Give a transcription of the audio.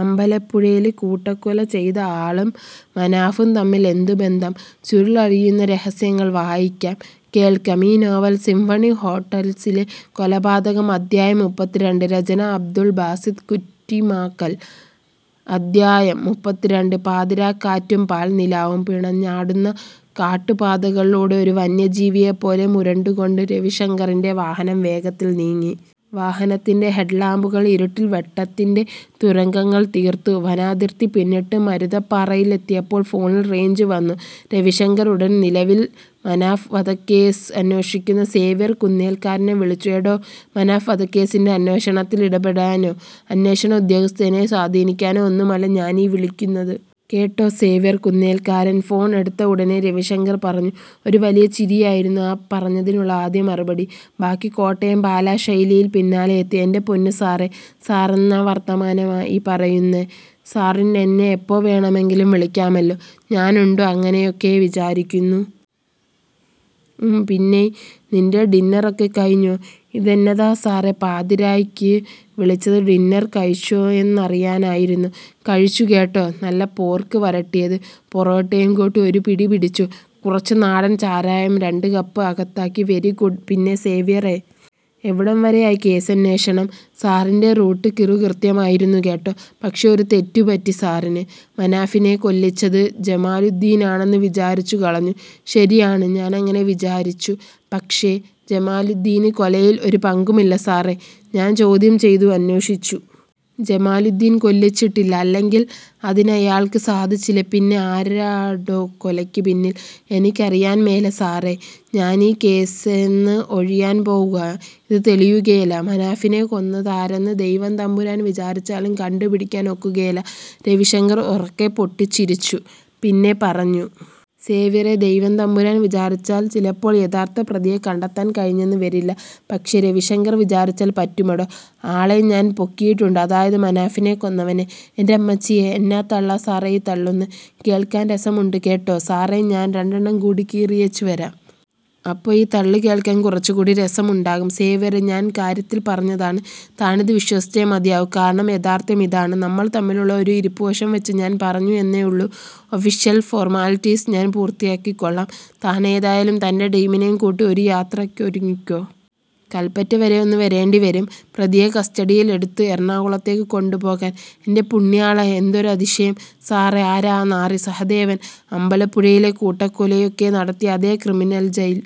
'അമ്പലപ്പുഴയില് കൂട്ടക്കൊല ചെയ്ത ആളും മനാഫും തമ്മിൽ എന്തു ബന്ധം?; ചുരുളഴിയുന്ന രഹസ്യങ്ങൾ' വായിക്കാം, കേൾക്കാം ഇ-നോവൽ സിംഫണി ഹോട്ടൽസിലെ കൊലപാതകം അധ്യായം: മുപ്പത്തിരണ്ട് രചന – അബ്ദുൽ ബാസിത്ത് കുറ്റിമാക്കൽ അധ്യായം: മുപ്പത്തിരണ്ട് പാതിരാക്കാറ്റും പാൽനിലാവും പിണഞ്ഞാടുന്ന കാട്ടുപാതകളിലൂടെ ഒരു വന്യജീവിയെപ്പോലെ മുരണ്ടുകൊണ്ട് രവിശങ്കറിന്റെ വാഹനം വേഗത്തിൽ നീങ്ങി. വാഹനത്തിന്റെ ഹെഡ് ലാമ്പുകൾ ഇരുട്ടിൽ വെട്ടത്തിന്റെ തുരങ്കങ്ങൾ തീർത്തു. വനാതിർത്തി പിന്നിട്ട് മരുതപ്പാറയിലെത്തിയപ്പോൾ ഫോണിൽ റേഞ്ച് വന്നു. രവിശങ്കർ ഉടൻ നിലവിൽ മനാഫ് വധക്കേസ് അന്വേഷിക്കുന്ന സേവ്യർ കുന്നേൽക്കാരനെ വിളിച്ചു. "എടോ, മനാഫ് വധക്കേസിന്റെ അന്വേഷണത്തിൽ ഇടപെടാനോ, അന്വേഷണ ഉദ്യോഗസ്ഥനെ സ്വാധീനിക്കാനോ ഒന്നുമല്ല ഞാനീ വിളിക്കുന്നത്. കേട്ടോ... " സേവ്യർ കുന്നേൽക്കാരൻ ഫോൺ എടുത്ത ഉടനെ രവിശങ്കർ പറഞ്ഞു. ഒരു വലിയ ചിരിയായിരുന്നു ആ പറഞ്ഞതിനുള്ള ആദ്യ മറുപടി. ബാക്കി കോട്ടയം പാലാ ശൈലിയിൽ പിന്നാലെയെത്തി: "എന്റെ പൊന്നു സാറേ... സാറെന്നാ വർത്താനമാ ഈ പറയുന്നേ... സാറിനെന്നെ എപ്പോ വേണമെങ്കിലും വിളിക്കാമല്ലോ... ഞാനുണ്ടോ അങ്ങനെയൊക്കെ വിചാരിക്കുന്നു... " "ഉം... പിന്നേയ് നിന്റെ ഡിന്നറൊക്കെ കഴിഞ്ഞോ...? " "ഇതെന്നതാ സാറേ, പാതിരായ്ക്ക് വിളിച്ചത് ഡിന്നർ കഴിച്ചോന്നറിയാനായിരുന്നോ... കഴിച്ചു കേട്ടോ... നല്ല പോർക്ക് വരട്ടിയത് പൊറോട്ടയും കൂട്ടി ഒരു പിടിപിടിച്ചു. " "കുറച്ച്... നാടൻ ചാരായം രണ്ട് കപ്പ് അകത്താക്കി. " "വെരി ഗുഡ്... പിന്നെ സേവ്യറെ... എവിടെ വരെയായി കേസന്വേഷണം? " "സാറിന്റെ റൂട്ട് കിറുകൃത്യമായിരുന്നു കേട്ടോ. പക്ഷേ ഒരു തെറ്റ് പറ്റി സാറിന്. മനാഫിനെ കൊല്ലിച്ചത് ജമാലുദ്ധീനാണെന്ന് വിചാരിച്ചു കളഞ്ഞു. " "ശരിയാണ്. ഞാനങ്ങനെ വിചാരിച്ചു. " "പക്ഷേ ജമാലുദ്ധീന് കൊലയിൽ ഒരു പങ്കുമില്ല സാറേ... ഞാൻ ചോദ്യം ചെയ്തു. അന്വേഷിച്ചു. ജമാലുദ്ധീൻ കൊല്ലിച്ചിട്ടില്ല. അല്ലെങ്കിൽ അതിനയാൾക്ക് സാധിച്ചില്ല. " "പിന്നെ ആരാടോ കൊലക്ക് പിന്നിൽ...? " "എനിക്കറിയാൻ മേല സാറേ... ഞാനീ കേസേന്ന് ഒഴിയാൻ പോകുവാ... ഇത് തെളിയുകേല... മനാഫിനെ കൊന്നതാരെന്ന് ദൈവം തമ്പുരാൻ വിചാരിച്ചാലും കണ്ടു പിടിക്കാൻ ഒക്കുകേല. " രവിശങ്കർ ഉറക്കെ പൊട്ടിച്ചിരിച്ചു. പിന്നെ പറഞ്ഞു. "സേവ്യറെ... ദൈവം തമ്പുരാൻ വിചാരിച്ചാൽ ചിലപ്പോൾ യഥാർത്ഥ പ്രതിയെ കണ്ടെത്താൻ കഴിഞ്ഞെന്ന് വരില്ല. പക്ഷേ രവിശങ്കർ വിചാരിച്ചാൽ പറ്റുമെടോ... ആളെ ഞാൻ പൊക്കിയിട്ടുണ്ട്. അതായത് മനാഫിനെ കൊന്നവനെ...! " "എന്റമ്മച്ചിയേ... എന്നാ തള്ളാ സാറേ ഈ തള്ളുന്നെ..! കേൾക്കാൻ രസമുണ്ട് കേട്ടോ... സാറേ, ഞാൻ രണ്ടെണ്ണം കൂടി കീറിയേച്ച് വരാം. അപ്പൊ ഈ തള്ള് കേൾക്കാൻ കുറച്ചു കൂടി രസമുണ്ടാകും. " "സേവ്യറെ... ഞാൻ കാര്യത്തിൽ പറഞ്ഞതാണ്. താനിത് വിശ്വസിച്ചേ മതിയാകൂ. കാരണം യാഥാർഥ്യം ഇതാണ്. നമ്മൾ തമ്മിലുള്ള ഒരു ഇരിപ്പുവശം വെച്ച് ഞാൻ പറഞ്ഞു എന്നേയുള്ളൂ. ഒഫീഷ്യൽ ഫോർമാലിറ്റിസ് ഞാൻ പൂർത്തിയാക്കിക്കൊള്ളാം. താനേതായാലും തന്റെ ടീമിനെയും കൂട്ടി ഒരു യാത്രക്കൊരുങ്ങിക്കോ. കല്പറ്റ വരെ ഒന്ന് വരേണ്ടി വരും. പ്രതിയെ കസ്റ്റഡിയിൽ എടുത്ത് എറണാകുളത്തേക്ക് കൊണ്ടു പോകാൻ. " "എന്റെ പുണ്യാളാ... എന്തൊരതിശയം...! സാറേ, ആരാ ആ നാറി...? " "സഹദേവൻ... അമ്പലപ്പുഴയിലെ കൂട്ടക്കൊലയൊക്കെ നടത്തിയ അതേ ക്രിമിനൽ. ജയിൽ